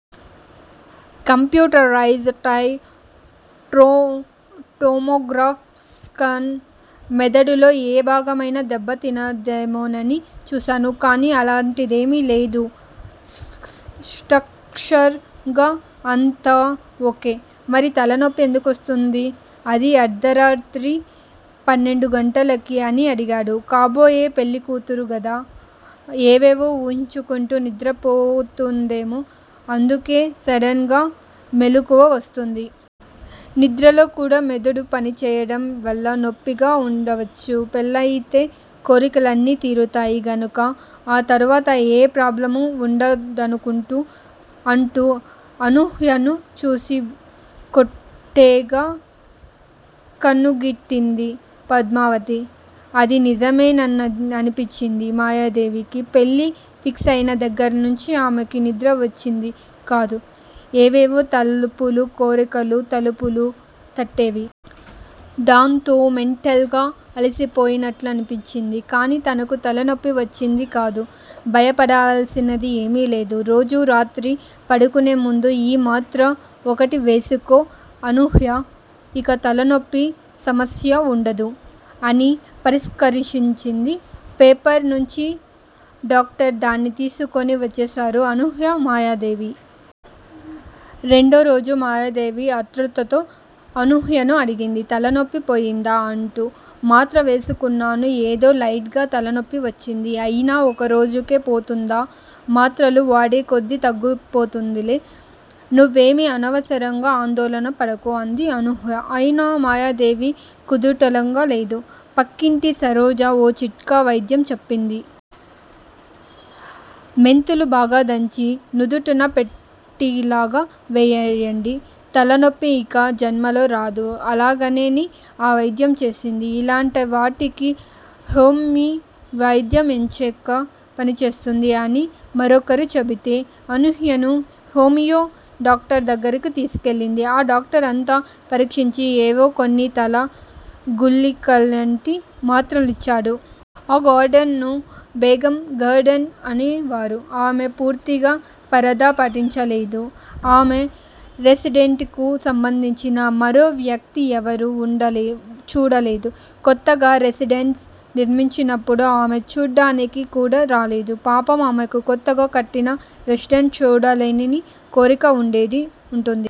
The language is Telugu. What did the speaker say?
కంప్యూటరైజ్ డ్ టోమోగ్రాఫ్ స్కాన్. మెదడులో ఏ భాగమైనా దెబ్బ తిన్నదేమోనని చూశాను, కానీ అలాంటిదేమీ లేదు. స్టక్చరల్ గా అంతా ఓకే. మరి తలనొప్పి ఎందుకొస్తోంది? అదీ రాత్రి పన్నెండుగంటలకి? అని అడిగింది. కాబోయే పెళ్ళికూతురు గదా. ఏవేవో ఊహించుకుంటూ నిద్ర పోతుందేమో. అందుకే సడన్ గా మెలకువ వస్తుంది. నిద్రలో కూడా మెదడు పనిచేయడం వల్ల తలనొప్పిగా ఉండొచ్చు. పెళ్ళయితే కోరికలన్నీ తీరుతాయి గనుక ఆ తరువాత ఏ ప్రాబ్లమూ వుండదనుకుంటా అంటూ అనూహ్యను చూసి కొంటెగా కన్నుగీటింది పద్మావతి. అది నిజమేననిపించింది మాయాదేవికి. పెళ్ళి ఫిక్సయిన దగ్గర్నుంచి ఆమెకి నిద్ర వచ్చేది కాదు. ఏవేవో తలపులు కోరికల తలుపులు తట్టేవి. దాంతో మెంటల్ గా అలిసిపోయినట్లనిపించేది, కానీ తనకు తలనొప్పి వచ్చేది కాదు. భయపడవలసింది ఏమీ లేదు. రోజూ రాత్రి పడుకునే ముందు ఈ మాత్ర ఒకటి వేసుకో అనూహ్య- ఇక తలనొప్పి సమస్య వుండదు అని పరిస్క్రిప్షన్ పేపర్ నందించింది డాక్టర్. దాన్ని తీసుకుని వచ్చేశారు అనూహ్య, మాయాదేవి. రెండో రోజే మాయాదేవి ఆత్రుతతో అనూహ్యను అడిగింది- తలనొప్పి పోయిందా? అంటూ. మాత్ర వేసుకున్నాను ఏదో లైట్ గా తలనొప్పి వచ్చింది. అయినా ఒకరోజుకే పోతుందా? మాత్రలు వాడేకొద్దీ తగ్గిపోతుందిలే. నువ్వేమీ అనవసరంగా ఆందోళన పడకు అంది అనూహ్య. అయినా మాయాదేవి కుదుటపడలేదు. పక్కింటి సరోజ ఓ చిట్కా వైద్యం చెప్పింది. మెంతులు బాగా దంచి, నుదుటన పట్టీలాగా వేయండి. తలనొప్పి ఇక జన్మలో రాదు అలాగేనని ఆ వైద్యం చేసింది. ఇలాంటివాటికి హోమియో వైద్యం ఎంచక్కా పనిచేస్తుంది అని మరొకరు చెబితే అనూహ్యను హోమియో డాక్టర్ దగ్గరికి తీసుకెళ్ళింది. ఆ డాక్టర్ అంతా పరీక్షించి ఏవో కొన్ని తల గుళికల్లాంటి మాత్రలిచ్చాడు. ఆ గార్డెన్ ను బేగం గార్డెన్ అనేవారు. ఆమె పూర్తిగా పరదా పాటించేది. ఆమెను రెసిడెన్సీకి సంబంధించిన మరో వ్యక్తి ఎవరూ చూడలేదు. కొత్తగా రెసిడెన్సీ నిర్మించినప్పుడు ఆమె చూడటానికి కూడా రాలేదు. పాపం ఆమెకు కొత్తగా కట్టిన రెసిడెన్సీ చూడాలనే కోరిక వుండే వుంటుంది.